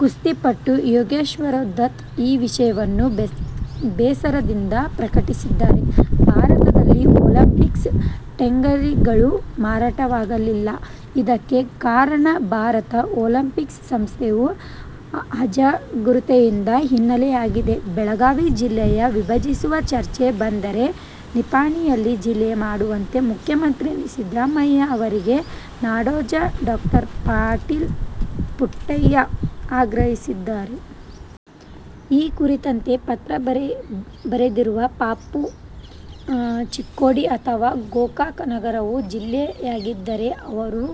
ಕುಸ್ತಿಪಟು ಯೋಗೇಶ್ವರ್ ದತ್ ಈ ವಿಷಯವನ್ನು ಬೇಸರದಿಂದ ಪ್ರಕಟಿಸಿದ್ದಾರೆ. ಭಾರತದಲ್ಲಿ ಒಲಿಂಪಿಕ್ಸ್ ಟಂಗರಿಗಳು ಮಾರಾಟವಾಗಿಲ್ಲ. ಇದಕ್ಕೆ ಕಾರಣ ಭಾರತ ಒಲಿಂಪಿಕ್ಸ್ ಸಂಸ್ಥೆಯ ಅಜಾಗೂರತೆ ಎನ್ನಲಾಗಿದೆ. ಬೆಳಗಾವಿ ಜಿಲ್ಲೆ ವಿಭಜಿಸುವ ಚರ್ಚೆ ಬಂದರೆ ನಿಪ್ಪಾಣಿಯನ್ನೇ ಜಿಲ್ಲೆ ಮಾಡುವಂತೆ ಮುಖ್ಯಮಂತ್ರಿ ಸಿದ್ದರಾಮಯ್ಯ ಅವರಿಗೆ ನಾಡೋಜ ಡಾ. ಪಾಟೀಲ ಪುಟ್ಟಪ್ಪ ಆಗ್ರಹಿಸಿದ್ದಾರೆ. ಈ ಕುರಿತಂತೆ ಪತ್ರ ಬರೆದಿರುವ ಪಾಪು, ಚಿಕ್ಕೋಡಿ ಅಥವಾ ಗೋಕಾಕ ನಗರವು ಜಿಲ್ಲೆಯಾಗಿದ್ದರೆ ಅವು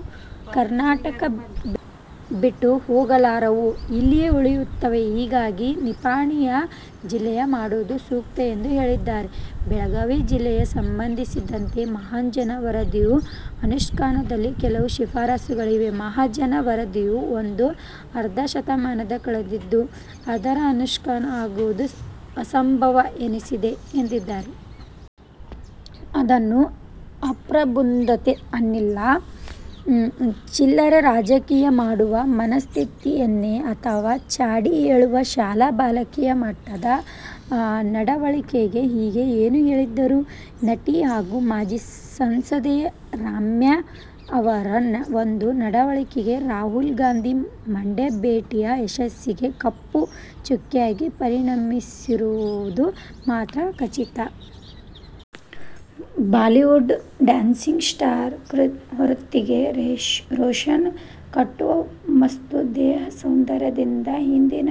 ಕರ್ನಾಟಕ ಬಿಟ್ಟು ಹೋಗಲಾರವು, ಇಲ್ಲಿಯೇ ಉಳಿಯುತ್ತವೆ. ಹೀಗಾಗಿ ನಿಪ್ಪಾಣಿಯ ಜಿಲ್ಲೆ ಮಾಡೋದು ಸೂಕ್ತ ಎಂದು ಹೇಳಿದ್ದಾರೆ. ಬೆಳಗಾವಿ ಜಿಲ್ಲೆ ಸಂಬಂಧಿಸಿದಂತೆ ಮಹಾಜನ ವರದಿಯು ಅನುಷ್ಕಾನದಲ್ಲಿ ಕೆಲವು ಶಿಫಾರಸುಗಳಿವೆ. ಮಹಾಜನ ವರದಿಯು ಬಂದು ಅರ್ಧ ಶತಮಾನ ಕಳೆದಿದ್ದು, ಅದರ ಅನುಷ್ಠಾನ ಆಗುವುದು ಅಸಂಭವ ಎನಿಸಿದೆ ಎಂದಿದ್ದಾರೆ. ಅದನ್ನು ಅಪ್ರಬುಂದತೆ ಅನ್ನಿ, ಚಿಲ್ಲರೆ ರಾಜಕೀಯ ಮಾಡುವ ಮನಸ್ಥಿತಿಯೆನ್ನಿ ಅಥವಾ ಚಾಡಿ ಹೇಳುವ ಶಾಲಾ ಬಾಲಕಿ ಮಟ್ಟದ ನಡವಳಿಕೆಹೀಗೆ ಏನು ಹೇಳಿದರೂ ನಟಿ ಹಾಗೂ ಮಾಜಿ ಸಂಸದೆ ರಮ್ಯಾ ಅವರ ಒಂದು ನಡವಳಿಕೆ ರಾಹುಲ್ ಗಾಂಧಿ ಮಂಡ್ಯ ಭೇಟಿಯ ಯಶಸ್ಸಿಗೆ ಕಪ್ಪು ಚುಕ್ಕೆಯಾಗಿ ಪರಿಣಮಿಸಿರುವುದು ಮಾತ್ರ ಖಚಿತ. ಬಾಲಿವುಡ್ ಡ್ಯಾನ್ಸಿಂಗ್ ಸ್ಟಾರ್ ವೃತ್ತಿಗೆ ರೋಷನ್ ಕಟ್ಟುಮಸ್ತು ದೇಹ ಸೌಂದರ್ಯದಿಂದ ಹಿಂದಿನ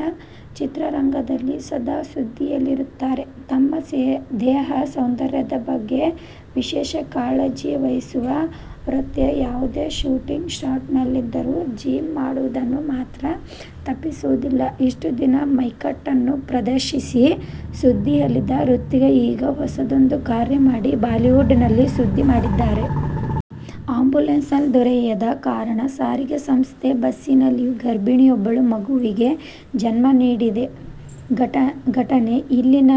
ಚಿತ್ರರಂಗದಲ್ಲಿ ಸದಾ ಸುದ್ದಿಯಲ್ಲಿರುತ್ತಾರೆ. ತಮ್ಮ ದೇಹ ಸೌಂದರ್ಯದ ಬಗ್ಗೆ ವಿಶೇಷ ಕಾಳಜಿವಹಿಸುವ ಹೃತಿಕ್, ಯಾವುದೇ ಶೂಟಿಂಗ್ ಸ್ಟಾಟ್ ನಲ್ಲಿದ್ದರೂ ಜಿಮ್ ಮಾಡುವುದನ್ನು ಮಾತ್ರ ತಪ್ಪಿಸುವುದಿಲ್ಲ. ಇಷ್ಟು ದಿನ ಮೈಕಟ್ಟನ್ನು ಪ್ರದರ್ಶಿಸಿ ಸುದ್ದಿಯಲ್ಲಿದ್ದ ಹೃತಿಗ ಈಗ ಹೊಸದೊಂದು ಕಾರ್ಯ ಮಾಡಿ ಬಾಲಿವುಡ್ ನಲ್ಲಿ ಸುದ್ದಿ ಮಾಡಿದ್ದಾರೆ. ಆ್ಯಂಬುಲೆನ್ಸ್ ದೊರೆಯದ ಕಾರಣ ಸಾರಿಗೆ ಸಂಸ್ಥೆ ಬಸ್ನಲ್ಲಿಯೇ ಗರ್ಭಿಣಿಯೊಬ್ಬಳು ಮಗುವಿಗೆ ಜನ್ಮ ನೀಡಿದೇ ಘಟನೆ ಇಲ್ಲಿನ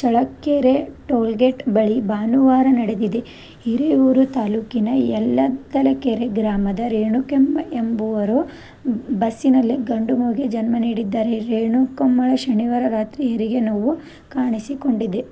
ಚಳ್ಳಕೆರೆ ಟೋಲ್ಗೇಟ್ ಬಳಿ ಭಾನುವಾರ ನಡೆದಿದೆ. ಹಿರಿಯೂರು ತಾಲೂಕಿನ ಯಲ್ಲದಕೆರೆ ಗ್ರಾಮದ ರೇಣುಕಮ್ಮ ಎಂಬುವವರು ಬಸ್ನಲ್ಲೇ ಗಂಡು ಮಗುವಿಗೆ ಜನ್ಮ ನೀಡಿದವರು. ರೇಣುಕಮ್ಮಳಿಗೆ ಶನಿವಾರ ರಾತ್ರಿ ಹೆರಿಗೆ ನೋವು ಕಾಣಿಸಿಕೊಂಡಿದೆ.